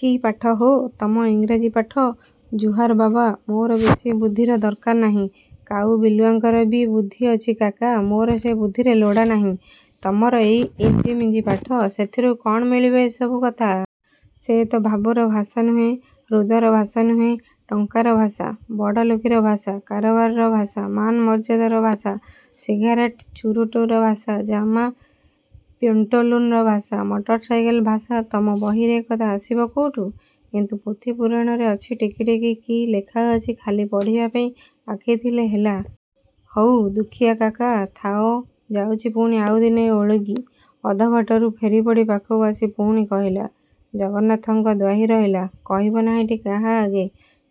କି ପାଠ ହୋ? ତମ ଇଂରେଜୀ ପାଠ। ଜୁହାର ବାବା। ମୋର ବେଶି ବୁଦ୍ଧିର ଦରକାର ନାହିଁ। କାଉ ବିଲୁଆଙ୍କର ବି ବୁଦ୍ଧି ଅଛି କାକା। ମୋର ସେ ବୁଦ୍ଧିରେ ଲୋଡ଼ା ନାହିଁ। ତମର ଏଇ ଇଞ୍ଜିମିଞ୍ଜି ପାଠ? ସେଥିରୁ କ'ଣ ମିଳିବ ଏ ସବୁ କଥା? ସେ ତ ଭାବର ଭାଷା ନୁହେଁ ହୃଦର ଭାଷା ନୁହେଁ ଟଙ୍କାର ଭାଷା ବଡ଼ଲୋକୀର ଭାଷା କାରବାରର ଭାଷା ମାନମର୍ଯ୍ୟାଦାର ଭାଷା ସିଗାରେଟ୍ ଚୁରୁଟର ଭାଷା ଜାମା ପ୍ୟେଣ୍ଟଲୁନର ଭାଷା ମଟର ସାଇକଲର ଭାଷା ତମ ବହିରେ ଏକଥା ଆସିବ କୋଉଠୁ। କିନ୍ତୁ ପୋଥିପୁରାଣରେ ଅଛି ଟିକିଟିକି କି ଲେଖାଅଛି ଖାଲି ପଢ଼ିବାପାଇଁ ଆଖି ଥିଲେ ହେଲା। ହଉ ଦୁଃଖୀଆ କାକା ଥାଅ ଯାଉଚି ପୁଣି ଆଉଦିନେ ଓଳଗି। ଅଧବାଟରୁ ଫେରିପଡ଼ି ପାଖକୁ ଆସି ପୁଣି କହିଲା, ଜଗନ୍ନାଥଙ୍କ ଦ୍ୱାହି ରହିଲା କହିବ ନାହିଁଟି କାହା ଆଗେ।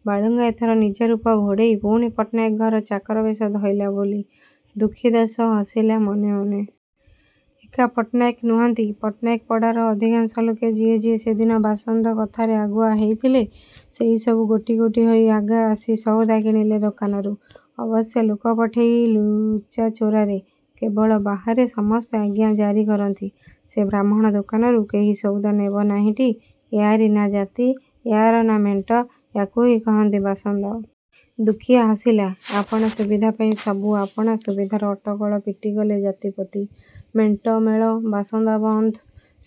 ବାଳୁଙ୍ଗା ଏଥର ନିଜରୂପ ଘୋଡ଼େଇ ପୁଣି ପଟ୍ଟନାୟକ ଘର ଚାକର ବେଶ ଧଇଲା ବୋଲି, ଦୁଃଖୀ ଦାଶ ହସିଲା ମନେ ମନେ। ଏକା ପଟ୍ଟନାୟକେ ନୁହନ୍ତି, ପଟ୍ଟନାୟକପଡ଼ାର ଅଧିକାଂଶ ଲୋକେ ଯିଏ ଯିଏ ସେଦିନ ବାସନ୍ଦ କଥାରେ ଆଗୁଆ ହେଇଥିଲେ ସେଇ ସବୁ ଗୋଟି ଗୋଟି ହୋଇ ଆଗ ଆସି ସଉଦା କିଣିଲେ ଦୋକାନରୁ। ଅବଶ୍ୟ ଲୋକପଠେଇ ଲୁଚାଚୋରାରେ। କେବଳ ବାହାରେ ସମସ୍ତେ ଆଜ୍ଞା ଜାରି କରନ୍ତି, “ସେ ବ୍ରାହ୍ମଣ ଦୋକାନରୁ କେହି ସଉଦା ନେବ ନାହିଁଟି ଇୟାରି ନା ଜାତି, ଇୟାର ନା ମେଣ୍ଟ ଯାକୁହିଁ କହନ୍ତି ବାସନ୍ଦ। ଦୁଃଖୀଆ ହସିଲା। ଆପଣା ସୁବିଧାପାଇଁ ସବୁ। ଆପଣା ସୁବିଧାର ଅଟକଳ ପିଟିଗଲେ ଜାତି ପତି, ମେଣ୍ଟ ମେଳ, ବାସନ୍ଦ ବନ୍ଦ,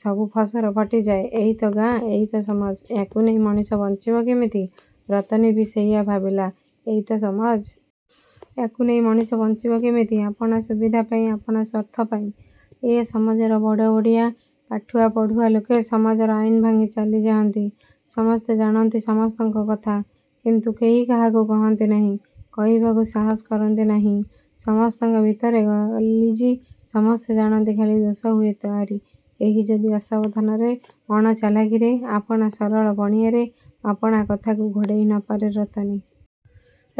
ସବୁ ଫସର ଫଟିଯାଏ। ଏଇ ତ ଗାଁ ଏଇ ତ ସମାଜ! ୟାକୁ ନେଇ ମଣିଷ ବଞ୍ଚିବ କିମିତି! ରତନୀବି ସେଇୟା ଭାବିଲା ଏଇ ତ ସମାଜ? ୟାକୁ ନେଇ ମଣିଷ ବଞ୍ଚିବ କିମିତି? ଆପଣା ସୁବିଧାପାଇଁ, ଆପଣା ସ୍ୱାର୍ଥପାଇଁ, ଏ ସମାଜର ବଡ଼ବଡ଼ିଆ, ପାଠୁଆ ପଢ଼ୁଆ ଲୋକେ ସମାଜର ଆଇନ ଭାଙ୍ଗି ଚାଲିଯାଆନ୍ତି ସମସ୍ତେ ଜାଣନ୍ତି ସମସ୍ତଙ୍କ କଥା କିନ୍ତୁ କେହି କାହାକୁ କହନ୍ତି ନାହିଁ କହିବାକୁ ସାହସ କରନ୍ତି ନାହିଁ ସମସ୍ତଙ୍କ ଭିତରେ ଗଲିଜି ସମସ୍ତେ ଜାଣନ୍ତି ଖାଲି ଦୋଷହୁଏ ତା'ରି, କେହି ଯଦି ଅସାବଧାନରେ, ଅଣଚାଲାକିରେ ଆପଣା ସରଳପଣିଆରେ ଆପଣା କଥାକୁ ଘୋଡ଼େଇ ନ ପାରେ। ରତନୀ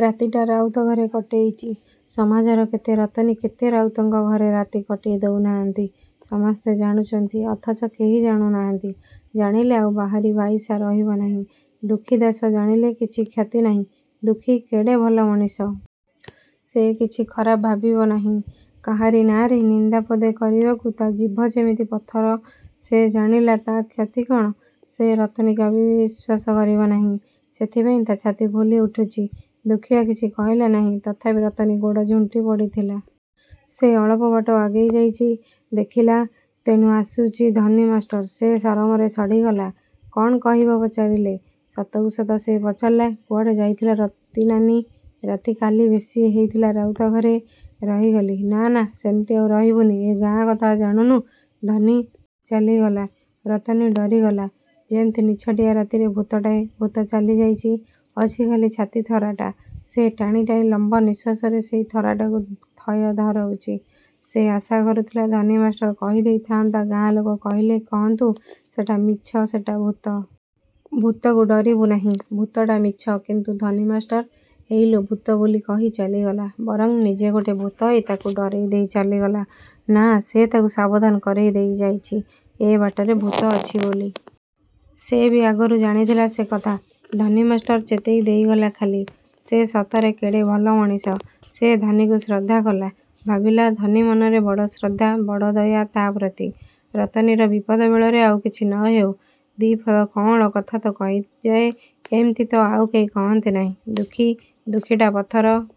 ରାତିଟା ରାଉତ ଘରେ କଟେଇଚି। ସମାଜର କେତେ ରତନୀ କେତେ ରାଉତଙ୍କ ଘରେ ରାତି କଟେଇ ଦଉ ନାହାନ୍ତି। ସମସ୍ତେ ଜାଣୁଛନ୍ତି, ଅଥଚ କେହି ଜାଣୁ ନାହାନ୍ତି। ଜାଣିଲେ ଆଉ ବାହାରି ବାଇଶା ରହିବ ନାହିଁ। ଦୁଃଖୀ ଦାଶ ଜାଣିଲେ କିଛି କ୍ଷତି ନାହିଁ। ଦୁଃଖୀ କେଡ଼େ ଭଲ ମଣିଷ। ସେ କିଛି ଖରାପ ଭାବିବ ନାହିଁ। କାହାରି ନାଆଁରେ ନିନ୍ଦା ପଦେ କରିବାକୁ ତା' ଜିଭ ଯେମିତି ପଥର। ସେ ଜାଣିଲା ତ କ୍ଷତି କ'ଣ? ସେ ରତନୀକି ଅବିଶ୍ୱାସ କରିବ ନାହିଁ। ସେଥିପାଇଁ ତା' ଛାତି ଫୁଲି ଉଠୁଛି। ଦୁଃଖୀଆ କିଛି କହିଲା ନାହିଁ। ତଥାପି ରତନୀ ଗୋଡ଼ ଝୁଣ୍ଟି ପଡ଼ିଥିଲା। ସେ ଅଳପବାଟ ଆଗେଇ ଯାଇଛି, ଦେଖିଲା, ତେଣୁ ଆସୁଚି ଧନୀ ମାଷ୍ଟର। ସେ ସରମରେ ଶଢ଼ିଗଲା। କ'ଣ କହିବ ପଚାରିଲେ? ସତକୁସତ ସେ ପଚାରିଲା, “କୁଆଡ଼େ ଯାଇଥିଲ ରତିନାନୀ? ରାତି କାଲି ବେଶି ହେଇଥିଲା ରାଉତ ଘରେ ରହିଗଲି। ନା ନା ସେମିତି ଆଉ ରହିବୁନି ଏ ଗାଁ କଥା ଜାଣୁନୁ? ଧନୀ ଚାଲିଗଲା। ରତନୀ ଡରିଗଲା। ଯେମିତି ନିଛାଟିଆ ରାତିରେ ଭୂତଟାଏ। ଭୂତ ଚାଲିଯାଇଚି। ଅଛି ଖାଲି ଛାତି ଥରାଟା। ସେ ଟାଣି ଟାଣି ଲମ୍ବ ନିଃଶ୍ୱାସରେ ସେଇ ଥରାଟାକୁ ଥୟ ଧରଉଚି। ସେ ଆଶା କରୁଥିଲା ଧନୀ ମାଷ୍ଟର କହିଦେଇଥାନ୍ତା ଗାଁ ଲୋକ କହିଲେ କହନ୍ତୁ ସେଟା ମିଛ ସେଟା ଭୂତ। ଭୂତକୁ ଡରିବୁ ନାହିଁ। ଭୂତଟା ମିଛ। କିନ୍ତୁ ଧନୀ ମାଷ୍ଟର, “ହେଇଲୋ ଭୂତ” ବୋଲି କହି ଚାଲିଗଲା। ବରଂ ନିଜେ ଗୋଟେ ଭୂତ ହେଇ ତାକୁ ଡରେଇ ଦେଇ ଚାଲିଗଲା ନା ସେ ତାକୁ ସାବଧାନ କରେଇ ଦେଇଯାଇଛି ଏ ବାଟରେ ଭୂତ ଅଛି ବୋଲି। ସେ ବି ଆଗରୁ ଜାଣିଥିଲା ସେ କଥା। ଧନୀ ମାଷ୍ଟର ଚେତେଇ ଦେଇଗଲା ଖାଲି। ସେ ସତରେ କେଡ଼େ ଭଲ ମଣିଷ। ସେ ଧନୀକୁ ଶ୍ରଦ୍ଧା କଲା। ଭାବିଲା ଧନୀ ମନରେ ବଡ଼ ଶ୍ରଦ୍ଧା ବଡ଼ ଦୟା, ତା' ପ୍ରତି। ରତନୀର ବିପଦ ବେଳରେ ଆଉ କିଛି ନ ହେଉ ଦିପଦ କଅଁଳ କଥା ତ କହିଯାଏ ଏମିତି ତ ଆଉ କେହି କହନ୍ତି ନାହିଁ। ଦୁଃଖୀ? ଦୁଃଖୀଟା ପଥର।